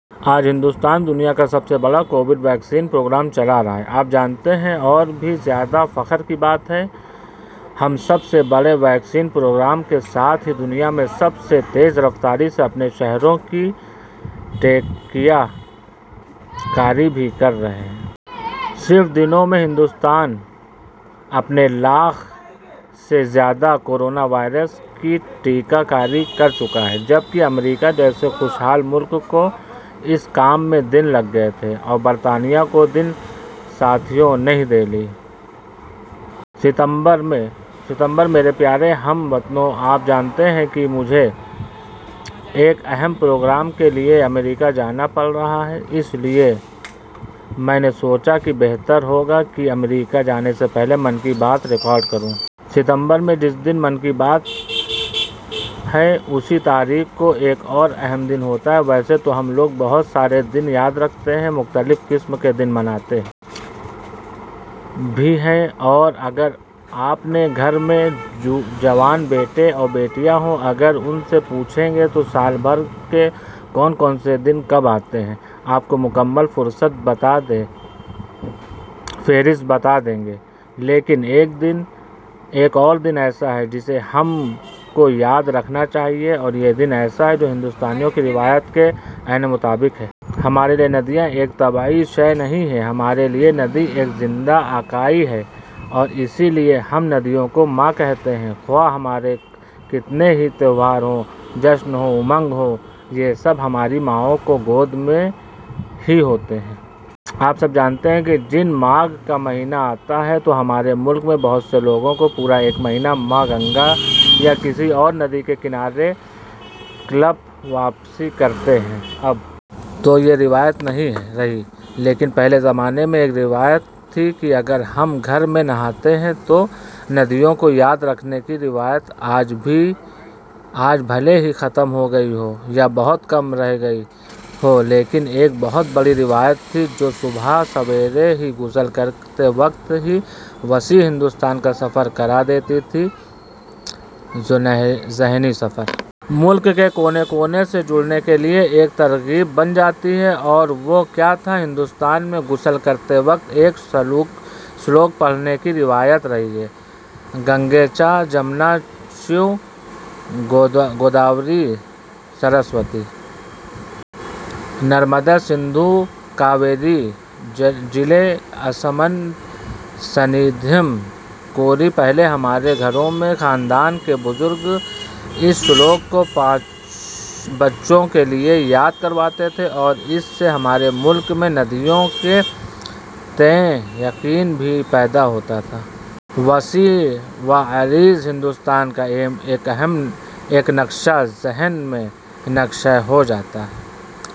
آج ہندوستان دنیا کا سب سے بڑاکووڈ ویکسین پروگرام چلا رہا ہے۔ آپ جانتے ہیں، اور بھی زیادہ فخر کی بات کیا ہے ؟ ہم سب سے بڑے ویکسین پروگرام کے ساتھ ہی دنیا میں سب سے تیز رفتاری سے اپنے شہریوں کی ٹیکہ کاری بھی کر رہے ہیں۔ صرف دنوں میں، ہندوستان ، اپنے لاکھ سے زیادہ، کورونا واریرس کی ٹیکہ کاری کر چکا ہے، جبکہ، امریکہ جیسے خوشحال ملک کو، اسی کام میں، دن لگے تھے اور برطانیہ کو دن۔ ساتھیو! نئی دہلی۔ ستمبر میرے پیارے ہم وطنو! آپ جانتے ہیں کہ مجھے ایک اہم پروگرام کے لیے امریکہ جانا پڑ رہا ہے اس لیے میں نے سوچا کہ بہتر ہوگا کہ امریکہ جانے سے پہلے 'من کی بات' ریکارڈ کردوں ۔ ستمبر میں جس دن 'من کی بات' ہے اسی تاریخ کو ایک اور اہم دن ہوتا ہے۔ ویسے تو ہم لوگ بہت سارے دن یاد رکحتے ہیں ، مختلف قسم کے دن مناتے بھی ہیں ، اور اگر اپنے گھر میں جوان بیٹے اور بیٹیاں ہوں ، اگر ان سے پوچھیں گے تو سال بھر کے کون سے دن کب آتے ہیں ، آپ کو مکمل فہرست بتادیں گے ، لیکن ایک اور دن ایسا ہے جسے ہم سب کو یاد رکھنا چاہیے اور یہ دن ایسا ہے جو ہندوستان کی روایات کے عین مطابق ہے۔ ہمارے لیے ندیاں ایک طبعی شئے نہیں ہے، ہمارے لیے ندی ایک زندہ اکائی ہے اور اسی لیے ہم ندیوں کو ماں کہتے ہیں۔ خواہ ہمارے کتنے ہی تہوار ہوں ، جشن ہو، امنگ ہو، یہ سب ہماری ماؤں کی گود میں ہی ہوتے ہیں۔ آپ سب جانتے ہیں کہ جب ماگھ کا مہینہ آتا ہے تو ہمارے ملک میں بہت سے لوگ پورا ایک مہینہ ماں گنگا یا کسی اورندی کے کنارے کلپ واس کرتے ہیں۔ اب تو یہ روایت نہیں رہی ، لیکن پہلے زمانے میں ایک روایت تھی کہ اگر ہم گھر میں نہاتے ہیں تو ندیوں کو یاد رکھنے کی روایت آج بھلے ہی ختم ہو گئی ہو یا بہت کم رہ گئی ہو لیکن ایک بہت بڑی روایت تھی جو صبح سویرے ہی غسل کرتے وقت ہی وسیع ہندوستان کا سفر کرا دیتی تھی ، ذہنی سفر! ملک کے کونے کونے سے جڑنے کے لیے ایک ترغیب بن جاتی تھی۔ اور وہ کیا تھا ، ہندوستان میں غسل کرتے وقت ایک شلوک پڑھنے کی روایت رہی ہے– گنگے چا جمنا چیو گوداوری سرسوتی۔ نرمدے سندھو کاویری جلے اسمن سنیدھم کورو پہلے ہمارے گھروں میں خاندان کے بزرگ اس شلوک کو بچوں کے لیے یاد کرواتے تھے اور اس سے ہمارے ملک میں نیدیوں کے تئیں یقین بھی پیدا ہوتا تھا۔ وسیع و عریض ہندوستان کا ایک نقشہ ذہن میں نقش ہوجاتا تھا۔